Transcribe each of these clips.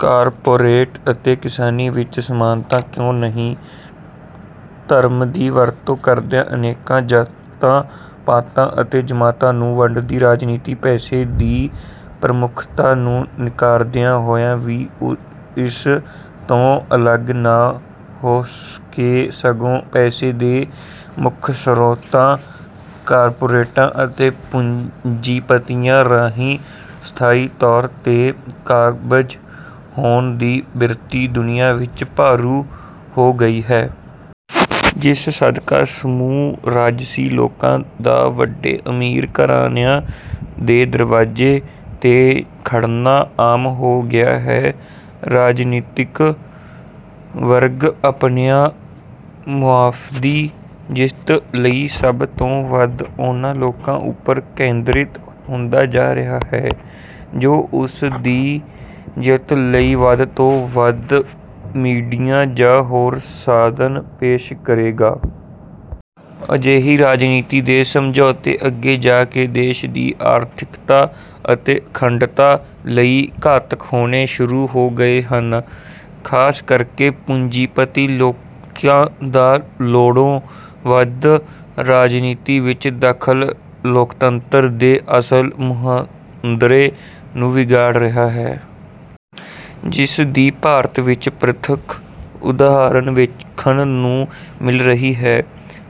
Corporate ਅਤੇ ਕਿਸਾਨੀ ਵਿੱਚ ਸਮਾਨਤਾ ਕਿਉਂ ਨਹੀਂ? ਧਰਮ ਦੀ ਵਰਤੋਂ ਕਰਦਿਆਂ ਅਨੇਕਾਂ ਜਾਤਾਂ, ਪਾਤਾਂ ਅਤੇ ਜ਼ਮਾਤਾਂ ਨੂੰ ਵੰਡਦੀ ਰਾਜਨੀਤੀ, ਪੈਸੇ ਦੀ ਪ੍ਰਮੁੱਖਤਾ ਨੂੰ ਨਿਕਾਰਦਿਆਂ ਹੋਇਆਂ ਵੀ ਇਸ ਤੋਂ ਅਲੱਗ ਨਾ ਹੋ ਕੇ ਸਗੋਂ ਪੈਸੇ ਦੇ ਮੁੱਖ ਸਰੋਤਾਂ, ਕਾਰਪੋਰੇਟਾਂ ਅਤੇ ਪੂੰਜੀਪਤੀਆਂ ਰਾਹੀਂ ਸਥਾਈ ਤੌਰ 'ਤੇ ਕਾਬਜ਼ ਹੋਣ ਦੀ ਬਿਰਤੀ ਦੁਨੀਆ ਵਿੱਚ ਭਾਰੂ ਹੋ ਗਈ ਹੈ। ਜਿਸ ਸਦਕਾ ਸਮੂਹ ਰਾਜਸੀ ਲੋਕਾਂ ਦਾ ਵੱਡੇ ਅਮੀਰ ਘਰਾਣਿਆਂ ਦੇ ਦਰਵਾਜ਼ੇ 'ਤੇ ਜਾ ਖੜ੍ਹਨਾ ਆਮ ਹੋ ਗਿਆ ਹੈ। ਰਾਜਨੀਤਿਕ ਵਰਗ ਆਪਣੀ ਮੁਫ਼ਾਦੀ ਜਿੱਤ ਲਈ ਸਭ ਤੋਂ ਵੱਧ ਉਹਨਾਂ ਲੋਕਾਂ ਉੱਪਰ ਕੇਂਦਰਿਤ ਹੁੰਦਾ ਜਾ ਰਿਹਾ ਹੈ, ਜੋ ਉਸ ਦੀ ਜਿੱਤ ਲਈ ਵੱਧ ਤੋਂ ਵੱਧ ਵਿੱਤੀ, ਮੀਡੀਆ ਜਾਂ ਹੋਰ ਸਾਧਨ ਪੇਸ਼ ਕਰੇਗਾ। ਅਜਿਹੀ ਰਾਜਨੀਤੀ ਦੇ ਸਮਝੌਤੇ ਅੱਗੇ ਜਾ ਕੇ ਦੇਸ਼ ਦੀ ਆਰਥਿਕਤਾ ਅਤੇ ਅਖੰਡਤਾ ਲਈ ਘਾਤਕ ਹੋਣੇ ਸ਼ੁਰੂ ਹੋ ਗਏ ਹਨ। ਖ਼ਾਸ ਕਰਕੇ ਪੂੰਜੀਪਤੀ ਲੋਕਾਂ ਦਾ ਲੋੜੋਂ ਵੱਧ ਰਾਜਨੀਤੀ ਵਿੱਚ ਦਖ਼ਲ ਲੋਕਤੰਤਰ ਦੇ ਅਸਲ ਮੁਹਾਂਦਰੇ ਨੂੰ ਵਿਗਾੜ ਰਿਹਾ ਹੈ। ਜਿਸ ਦੀ ਭਾਰਤ ਵਿੱਚ ਪ੍ਰਤੱਖ ਉਦਾਹਰਨ ਵੇਖਣ ਨੂੰ ਮਿਲ ਰਹੀ ਹੈ।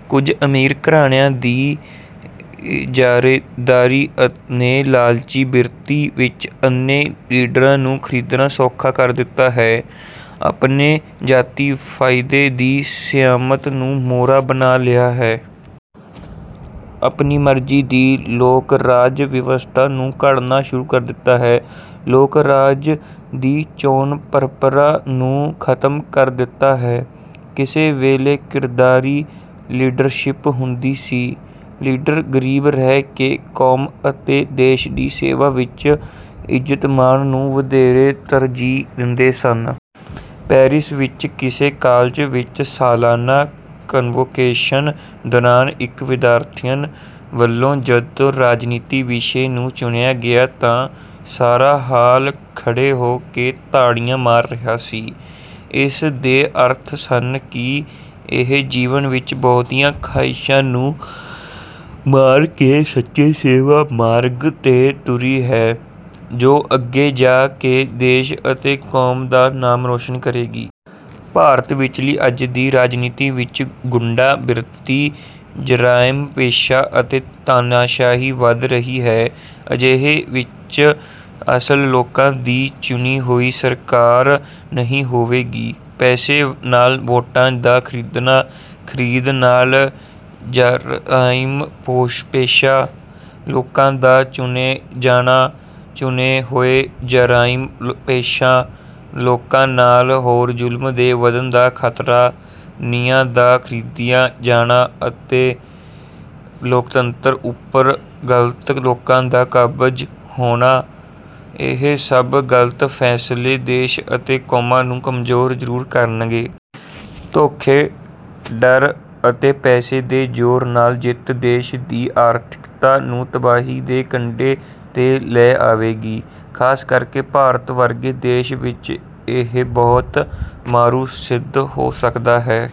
ਕੁਝ ਅਮੀਰ ਘਰਾਣਿਆਂ ਦੀ ਇਜਾਰੇਦਾਰੀ ਨੇ ਲਾਲਚੀ ਬਿਰਤੀ ਵਿੱਚ ਅੰਨ੍ਹੇ ਲੀਡਰਾਂ ਨੂੰ ਖਰੀਦਣਾ ਸੌਖਾ ਕਰ ਦਿੱਤਾ ਹੈ। ਆਪਣੇ ਜਾਤੀ ਫ਼ਾਇਦੇ ਦੀ ਸਿਆਸਤ ਨੂੰ ਮੋਹਰਾ ਬਣਾ ਲਿਆ ਹੈ। ਆਪਣੀ ਮਰਜ਼ੀ ਦੀ ਲੋਕਰਾਜ ਵਿਵਸਥਾ ਨੂੰ ਘੜਨਾ ਸ਼ੁਰੂ ਕਰ ਦਿੱਤਾ ਹੈ। ਲੋਕ-ਰਾਜ ਦੀ ਚੋਣ ਪ੍ਰੰਪਰਾ ਨੂੰ ਖ਼ਤਮ ਕਰ ਦਿੱਤਾ ਹੈ। ਕਿਸੇ ਵੇਲੇ ਕਿਰਦਾਰੀ ਲੀਡਰਸ਼ਿਪ ਹੁੰਦੀ ਸੀ। ਲੀਡਰ ਗਰੀਬ ਰਹਿ ਕੇ ਕੌਮ ਅਤੇ ਦੇਸ਼ ਦੀ ਸੇਵਾ ਵਿੱਚ ਇੱਜ਼ਤ-ਮਾਣ ਨੂੰ ਵਧੇਰੇ ਤਰਜੀਹ ਦਿੰਦੇ ਸਨ। ਪੈਰਿਸ ਵਿੱਚ ਕਿਸੇ ਕਾਲਜ ਵਿੱਚ ਸਾਲਾਨਾ ਕਨਵੋਕੇਸ਼ਨ ਦੌਰਾਨ ਇੱਕ ਵਿਦਿਆਰਥਣ ਵੱਲੋਂ ਜਦੋਂ ਰਾਜਨੀਤੀ ਵਿਸ਼ੇ ਨੂੰ ਚੁਣਿਆ ਗਿਆ ਤਾਂ ਸਾਰਾ ਹਾਲ ਖੜ੍ਹੇ ਹੋ ਕੇ ਤਾੜੀਆਂ ਮਾਰ ਰਿਹਾ ਸੀ। ਇਸ ਦੇ ਅਰਥ ਸਨ ਕਿ ਇਹ ਜੀਵਨ ਵਿੱਚ ਬਹੁਤੀਆਂ ਖ਼ਾਹਿਸ਼ਾਂ ਨੂੰ ਮਾਰ ਕੇ ਸੱਚੇ ਸੇਵਾ ਮਾਰਗ 'ਤੇ ਤੁਰੀ ਹੈ, ਜੋ ਅੱਗੇ ਜਾ ਕੇ ਦੇਸ਼ ਅਤੇ ਕੌਮ ਦਾ ਨਾਮ ਰੌਸ਼ਨ ਕਰੇਗੀ। ਭਾਰਤ ਵਿਚਲੀ ਅੱਜ ਦੀ ਰਾਜਨੀਤੀ ਵਿੱਚ ਗੁੰਡਾ ਬਿਰਤੀ, ਜ਼ਰਾਇਮ-ਪੇਸ਼ਾ ਅਤੇ ਤਾਨਾਸ਼ਾਹੀ ਵੱਧ ਰਹੀ ਹੈ। ਅਜਿਹੇ ਵਿੱਚ ਅਸਲ ਲੋਕਾਂ ਦੀ ਚੁਣੀ ਹੋਈ ਸਰਕਾਰ ਨਹੀਂ ਹੋਵੇਗੀ। ਪੈਸੇ ਨਾਲ ਵੋਟਾਂ ਦਾ ਖਰੀਦਣਾ, ਖਰੀਦ ਨਾਲ ਜ਼ਰਾਇਮ-ਪੇਸ਼ਾ ਲੋਕਾਂ ਦਾ ਚੁਣੇ ਜਾਣਾ, ਚੁਣੇ ਹੋਏ ਜ਼ਰਾਇਮ-ਪੇਸ਼ਾ ਲੋਕਾਂ ਨਾਲ ਹੋਰ ਜ਼ੁਲਮ ਦੇ ਵੱਧਣ ਦਾ ਖ਼ਤਰਾ, ਨਿਆਂ ਦਾ ਖਰੀਦਿਆ ਜਾਣਾ ਅਤੇ ਲੋਕਤੰਤਰ ਉੱਪਰ ਗਲਤ ਲੋਕਾਂ ਦਾ ਕਾਬਜ਼ ਹੋਣਾ, ਇਹ ਸਭ ਗਲਤ ਫ਼ੈਸਲੇ ਦੇਸ਼ ਅਤੇ ਕੌਮਾਂ ਨੂੰ ਕਮਜ਼ੋਰ ਜ਼ਰੂਰ ਕਰਨਗੇ। ਧੋਖੇ, ਡਰ ਅਤੇ ਪੈਸੇ ਦੇ ਜ਼ੋਰ ਨਾਲ ਜਿੱਤ ਦੇਸ਼ ਦੀ ਆਰਥਿਕਤਾ ਨੂੰ ਤਬਾਹੀ ਦੇ ਕੰਢੇ 'ਤੇ ਲੈ ਆਵੇਗੀ। ਖ਼ਾਸ ਕਰਕੇ ਭਾਰਤ ਵਰਗੇ ਦੇਸ਼ ਵਿੱਚ ਇਹ ਬਹੁਤ ਮਾਰੂ ਸਿੱਧ ਹੋ ਸਕਦਾ ਹੈ।